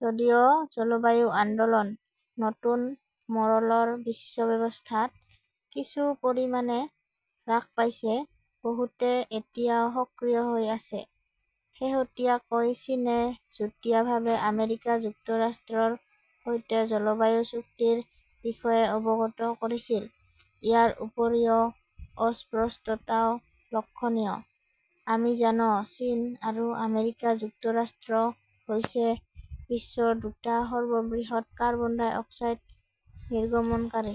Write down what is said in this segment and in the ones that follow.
যদিও জলবায়ু আন্দোলন নতুন মৰোলৰ বিশ্ব ব্যৱস্থাত কিছু পৰিমাণে হ্ৰাস পাইছে, বহুতে এতিয়াও সক্ৰিয় হৈ আছে। শেহতীয়াকৈ চীনে যুটীয়াভাৱে আমেৰিকা যুক্তৰাষ্ট্ৰৰ সৈতে জলবায়ু চুক্তিৰ বিষয়ে অৱগত কৰিছিল। ইয়াৰ উপৰিও অস্পষ্টতাও লক্ষণীয়। আমি জানো, চীন আৰু আমেৰিকা যুক্তৰাষ্ট্ৰ হৈছে বিশ্বৰ দুটা সৰ্ববৃহৎ কাৰ্বন ডাই অক্সাইড নিৰ্গমনকাৰী।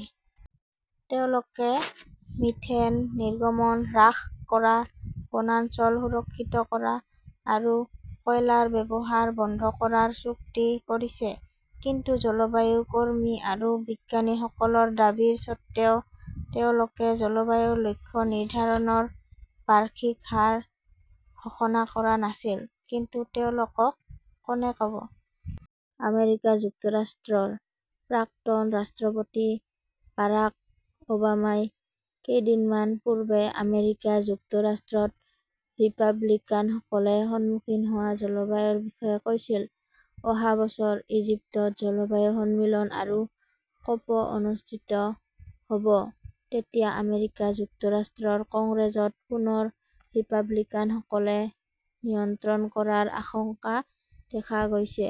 তেওঁলোকে মিথেন নিৰ্গমন হ্ৰাস কৰা, বনাঞ্চল সুৰক্ষিত কৰা আৰু কয়লাৰ ব্যৱহাৰ বন্ধ কৰাৰ চুক্তি কৰিছে। কিন্তু জলবায়ু কৰ্মী আৰু বিজ্ঞানীসকলৰ দাবীৰ স্বত্বেও তেওঁলোকে জলবায়ুৰ লক্ষ্য নিৰ্ধাৰণৰ বাৰ্ষিক হাৰ ঘোষণা কৰা নাছিল। কিন্তু তেওঁলোকক কোনে ক 'ব? আমেৰিকা যুক্তৰাষ্ট্ৰৰ প্ৰাক্তন ৰাষ্ট্ৰপতি বাৰাক ওবামাই কেইদিনমান পূৰ্বে আমেৰিকা যুক্তৰাষ্ট্ৰত ৰিপাব্লিকানসকলে সন্মুখীন হোৱা জলবায়ুৰ বিষয়ে কৈছিল। অহা বছৰ ইজিপ্তত জলবায়ু সন্মিলন আৰু ক "প অনুষ্ঠিত হ" ব। তেতিয়া আমেৰিকা যুক্তৰাষ্ট্ৰৰ কংগ্ৰেছত পুনৰ ৰিপাব্লিকানসকলে নিয়ন্ত্ৰণ কৰাৰ আশংকা দেখা গৈছে।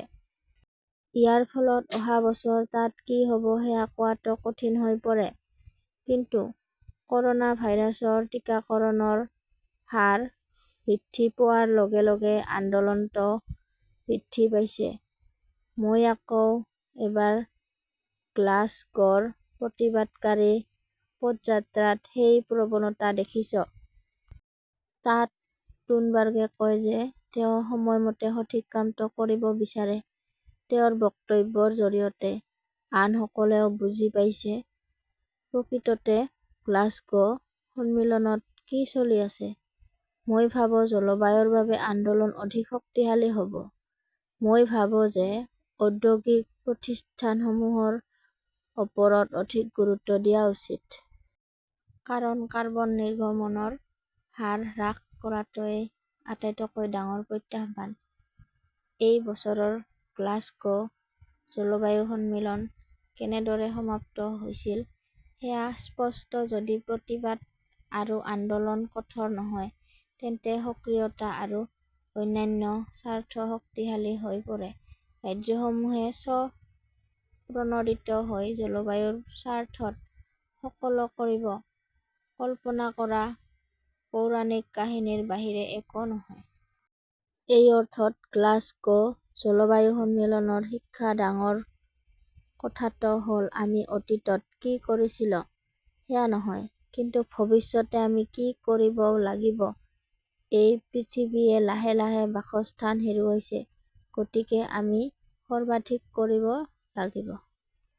ইয়াৰ ফলত অহা বছৰ তাত কি হ "ব সেয়া কোৱাটো কঠিন হৈ পৰে। কিন্তু ক "ৰ" না ভাইৰাছৰ টিকাকৰণৰ হাৰ বৃদ্ধি পোৱাৰ লগে লগে আন্দোলনটোও বৃদ্ধি পাইছে; মই আকৌ এবাৰ গ্লাছগোৰ প্ৰতিবাদকাৰী পদযাত্ৰাত সেই প্ৰৱণতা দেখিছোঁ। তাত টুনবাৰ্গে কয় যে তেওঁ সময়মতে সঠিক কামটো কৰিব বিচাৰে। তেওঁৰ বক্তব্যৰ জৰিয়তে আনসকলেও বুজি পাইছে-প্ৰকৃততে গ্লাছগো সন্মিলনত কি চলি আছে। মই ভাবো জলবায়ুৰ বাবে আন্দোলন অধিক শক্তিশালী হ 'ব। মই ভাবো যে ঔদ্যোগিক প্ৰতিষ্ঠানসমূহৰ ওপৰত অধিক গুৰুত্ব দিয়া উচিত। কাৰণ, কাৰ্বন নিৰ্গমনৰ হাৰ হ্ৰাস কৰাটোৱেই আটাইতকৈ ডাঙৰ প্ৰত্যাহ্বান। এই বছৰৰ গ্লাছগো জলবায়ু সন্মিলন কেনেদৰে সমাপ্ত হৈছিল সেয়া স্পষ্ট-যদি প্ৰতিবাদ আৰু আন্দোলন কঠোৰ নহয় তেন্তে সক্ৰিয়তা আৰু অন্যান্য স্বাৰ্থ শক্তিশালী হৈ পৰে। ৰাজ্যসমূহে স্ব-প্ৰণোদিত হৈ জলবায়ুৰ স্বাৰ্থত সকলো কৰিব-কল্পনা কৰা পৌৰাণিক কাহিনীৰ বাহিৰে একো নহয়। এই অৰ্থত, গ্লাছগো জলবায়ু সন্মিলনৰ শিক্ষা-ডাঙৰ কথাটো হ 'ল আমি অতীতত কি কৰিছিলো সেয়া নহয়, কিন্তু ভৱিষ্যতে আমি কি কৰিব লাগিব। এই পৃথিৱীয়ে লাহে লাহে বাসস্থান হেৰুৱাইছে। গতিকে আমি সৰ্বাধিক কৰিব লাগিব।